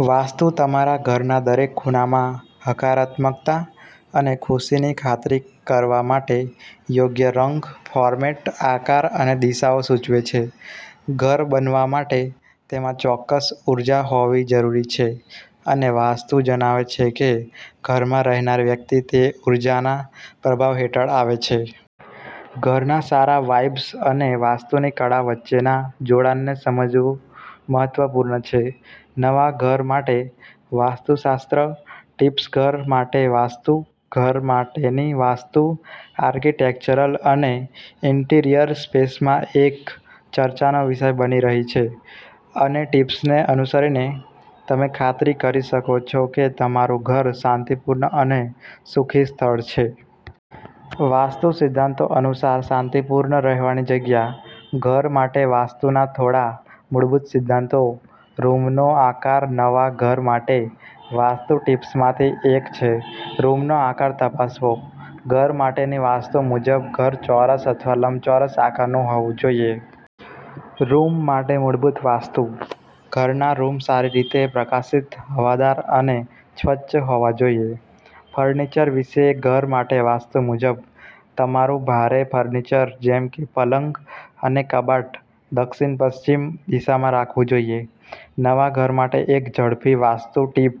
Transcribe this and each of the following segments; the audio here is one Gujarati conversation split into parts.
વાસ્તુ તમારા ઘરના દરેક ખૂણામાં હકારાત્મકતા અને ખુશીની ખાતરી કરવા માટે યોગ્ય રંગ, ફોર્મેટ, આકાર અને દિશાઓ સૂચવે છે. ઘર બનવા માટે તેમાં ચોક્કસ ઉર્જા હોવી જરૂરી છે અને વાસ્તુ જણાવે છે કે ઘરમાં રહેનાર વ્યક્તિ તે ઉર્જાનાં પ્રભાવ હેઠળ આવે છે. ઘરના સારા વાઇબ્સ અને વાસ્તુની કળા વચ્ચેના જોડાણને સમજવું મહત્વપૂર્ણ છે. નવા ઘર માટે વાસ્તુશાસ્ત્ર ટિપ્સઘર માટે વાસ્તુ ઘર માટેની વાસ્તુ આર્કિટેક્ચરલ અને ઈન્ટિરિયર સ્પેસમાં એક ચર્ચાનો વિષય બની રહી છે અનેટિપ્સને અનુસરીને, તમે ખાતરી કરી શકો છો કે તમારું ઘર શાંતિપૂર્ણ અને સુખી સ્થળ છે. વાસ્તુ સિદ્ધાંતો અનુસાર શાંતિપૂર્ણ રહેવાની જગ્યા ઘર માટે વાસ્તુના થોડા મૂળભૂત સિદ્ધાંતો રૂમનો આકાર નવા ઘર માટે વાસ્તુ ટિપ્સમાંથી એક છે રૂમનો આકાર તપાસવો. ઘર માટેની વાસ્તુ મુજબ ઘર ચોરસ અથવા લંબચોરસ આકારનું હોવું જોઈએ. રૂમ માટે મૂળભૂત વાસ્તુઃ ઘરના રૂમ સારી રીતે પ્રકાશિત, હવાદાર અને સ્વચ્છ હોવા જોઈએ. ફર્નિચર વિશે ઘર માટે વાસ્તુ મુજબ, તમારું ભારે ફર્નિચર જેમ કે પલંગ અને કબાટ દક્ષિણ-પશ્ચિમ દિશામાં રાખવું જોઈએ. નવા ઘર માટે એક ઝડપી વાસ્તુ ટીપ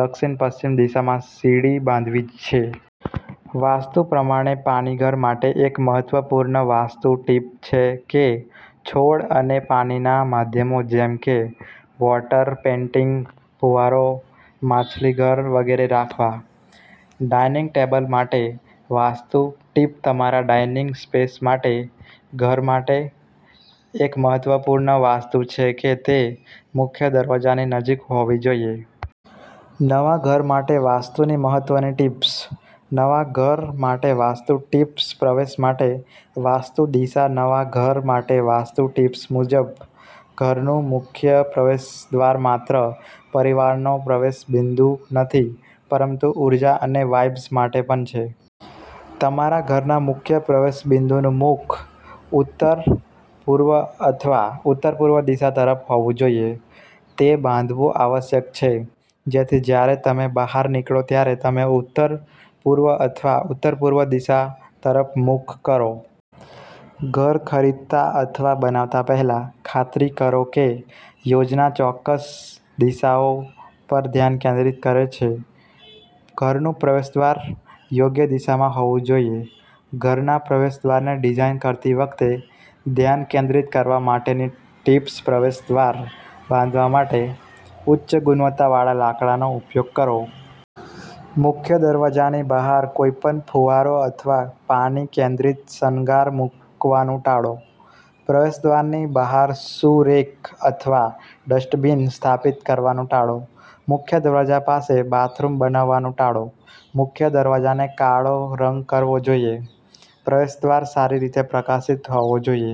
દક્ષિણ-પશ્ચિમ દિશામાં સીડી બાંધવી છે. વાસ્તુ પ્રમાણે પાણીઘર માટે એક મહત્વપૂર્ણ વાસ્તુ ટીપછે કે છોડ અને પાણીના માધ્યમો જેમ કે વોટર પેઈન્ટીંગ, ફુવારો, માછલીઘર વગેરે રાખવા. ડાઇનિંગ ટેબલ માટે વાસ્તુ ટીપતમારા ડાઇનિંગ સ્પેસ માટે ઘર માટે એક મહત્વપૂર્ણ વાસ્તુછે કે તે મુખ્ય દરવાજાની નજીકહોવી જોઈએ. નવા ઘર માટે વાસ્તુની મહત્વની ટિપ્સ. નવા ઘર માટે વાસ્તુ ટિપ્સપ્રવેશ માટે વાસ્તુ દિશા નવા ઘર માટે વાસ્તુ ટિપ્સ મુજબ, ઘરનું મુખ્ય પ્રવેશદ્વારમાત્ર પરિવારનો પ્રવેશ બિંદુનથી, પરંતુ ઊર્જા અને વાઇબ્સ માટે પણ છે. તમારા ઘરના મુખ્ય પ્રવેશ બિંદુનું મુખ ઉત્તર, પૂર્વ અથવા ઉત્તર-પૂર્વ દિશા તરફ હોવું જોઈએ. તે બાંધવું આવશ્યક છે જેથી જ્યારે તમે બહાર નીકળો ત્યારે તમે ઉત્તર, પૂર્વ અથવા ઉત્તરપૂર્વ દિશા તરફ મુખ કરો. ઘર ખરીદતા અથવા બનાવતા પહેલા, ખાતરી કરો કે યોજનાચોક્કસ દિશાઓ પર ધ્યાન કેન્દ્રિત કરે છે. ઘરનું પ્રવેશદ્વાર યોગ્ય દિશામાં હોવું જોઈએ ઘરના પ્રવેશદ્વારને ડિઝાઇન કરતી વખતે ધ્યાન કેન્દ્રિત કરવા માટેની ટીપ્સપ્રવેશદ્વાર બાંધવા માટે ઉચ્ચ ગુણવત્તાવાળા લાકડાનો ઉપયોગ કરો. મુખ્ય દરવાજાની બહાર કોઈપણ ફુવારો અથવા પાણી કેન્દ્રિત શણગાર મૂકવાનું ટાળો. પ્રવેશદ્વારની બહાર શૂ રેક અથવા ડસ્ટબિન સ્થાપિત કરવાનું ટાળો. મુખ્ય દરવાજા પાસે બાથરૂમ બનાવવાનું ટાળો. મુખ્ય દરવાજાને કાળો રંગકરવો જોઈએ. પ્રવેશદ્વાર સારી રીતે પ્રકાશિત હોવો જોઈએ.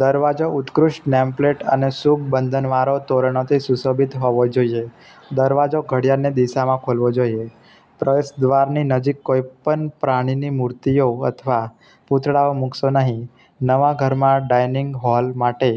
દરવાજો ઉત્કૃષ્ટ નેમપ્લેટ અને શુભ બંધનવારો, તોરણોથી સુશોભિત હોવો જોઈએ. દરવાજો ઘડિયાળની દિશામાં ખોલવો જોઈએ. પ્રવેશદ્વારની નજીક કોઈપણ પ્રાણીની મૂર્તિઓ અથવા પૂતળાઓ મૂકશો નહીં. નવા ઘરમાં ડાઇનિંગ હોલ માટે